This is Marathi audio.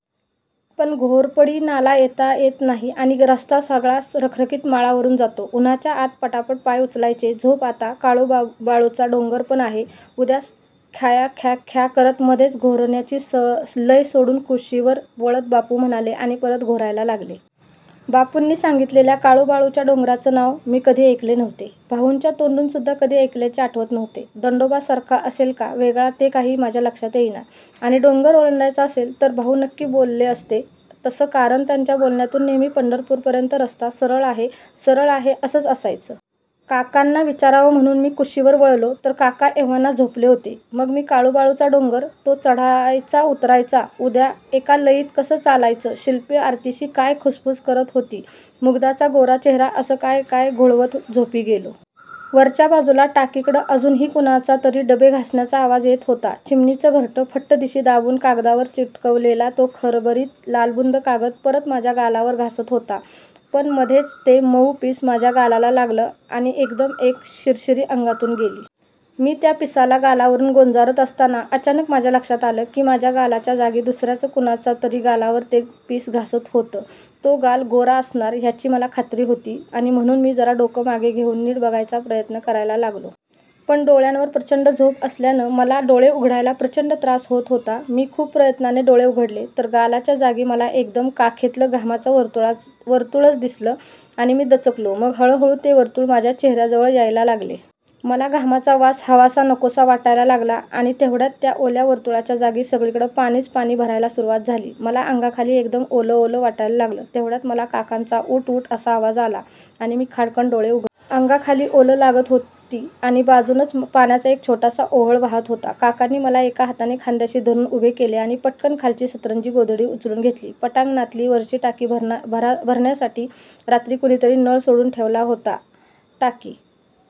पण घोरपडी नाला येता येत नाही आणि रस्ता सगळा रखरखीत माळावरुन जातो. उन्हाच्या आत पटापट पाय उचलायचे. झोप आता. काळूबाळूचा डोंगर पण आहे उद्या ख्याख्याख्या करत मध्येच घोरण्याची लय सोडून कुशीवर वळत बापू म्हणाले आणि परत घोरायला लागले. बापूंनी सांगितलेल्या काळूबाळूच्या डोंगराचे नाव मी कधी ऐकले नव्हते. भाउंच्या तोंडून सुद्धा कधी ऐकल्याचे आठवत नव्हते. दंडोबासारखा असेल का वेगळा ते काही माझ्या लक्षात येईना आणि डोंगर ओलांडायचा असेल तर भाऊ नक्की बोलले असते तसं कारण त्यांच्या बोलण्यातून नेहेमी पंढरपूरपर्यंत रस्ता सरळ आहे, सरळ आहे असच असायचं. काकांना विचारावं म्हणुन मी कुशीवर वळलो तर काका एव्हाना झोपले होते. मग मी काळूबाळूचा डोंगर, तो चढायचा-उतरायचा, उद्या एका लयीत कसं चालायचं, शिल्पी आरतीशी काय खुसफुस करत होती, मुग्धाचा गोरा चेहरा असं काय काय घोळवत झोपी गेलो. वरच्या बाजूला टाकीकडं अजूनही कुणाचातरी डबे घासण्याचा आवाज येत होता. चिमणीचं घरटं फट्टदिशी दाबून कागदावर चिकटवलेला तो खरबरीत लालबुंद कागद परत माझ्या गालावर घासत होता. पण मधेच ते मउ पीस माझ्या गालाला लागलं आणि एकदम एक शिरशिरी अंगातून गेली. मी त्या पिसाला गालावरुन गोंजारत असताना अचानक माझ्या लक्षात आलं की माझ्या गालाच्या जागी दुसर्याच कुणाचा तरी गालावर ते पीस घासत होतं. तो गाल गोरा असणार ह्याची मला खात्री होती आणि म्हणुन मी जरा डोकं मागे घेउन नीट बघायचा प्रयत्न करायला लागलो. पण डोळ्यावर प्रचंड झोप असल्यानं मला डोळे उघडायला प्रचंड त्रास होत होता. मी खूप प्रयत्नाने डोळे उघडले तर गालाच्या जागी मला एकदम काखेतलं घामाचं वर्तुळच दिसलं आणि मी दचकलो. मग हळुहळु ते वर्तुळ माझ्या चेहर्याजवळ यायला लागले. मला घामाचा वास हवासा-नकोसा वाटायला लागला आणि तेव्हड्यात त्या ओल्या वर्तुळाच्या जागी सगळीकडे पाणीच पाणी भरायला सुरुवात झाली. मला अंगाखाली एकदम ओलं ओलं वाटायला लागलं. तेव्हड्यात मला काकांचा उठ उठ असा आवाज आला आणि मी खाडकन् डोळे उघडले. अंगाखाली ओल लागत होती आणि बाजूनच पाण्याचा एक छोटासा ओहळ वाहत होता. काकांनी मला एका हाताने खांद्याशी धरुन उभे केले आणि पटकन खालची सतरंजी-गोधडी उचलून घेतली. पटांगणातली वरची टाकी भरण्यासाठी रात्री कुणीतरी नळ सोडून ठेवला होता. टाकी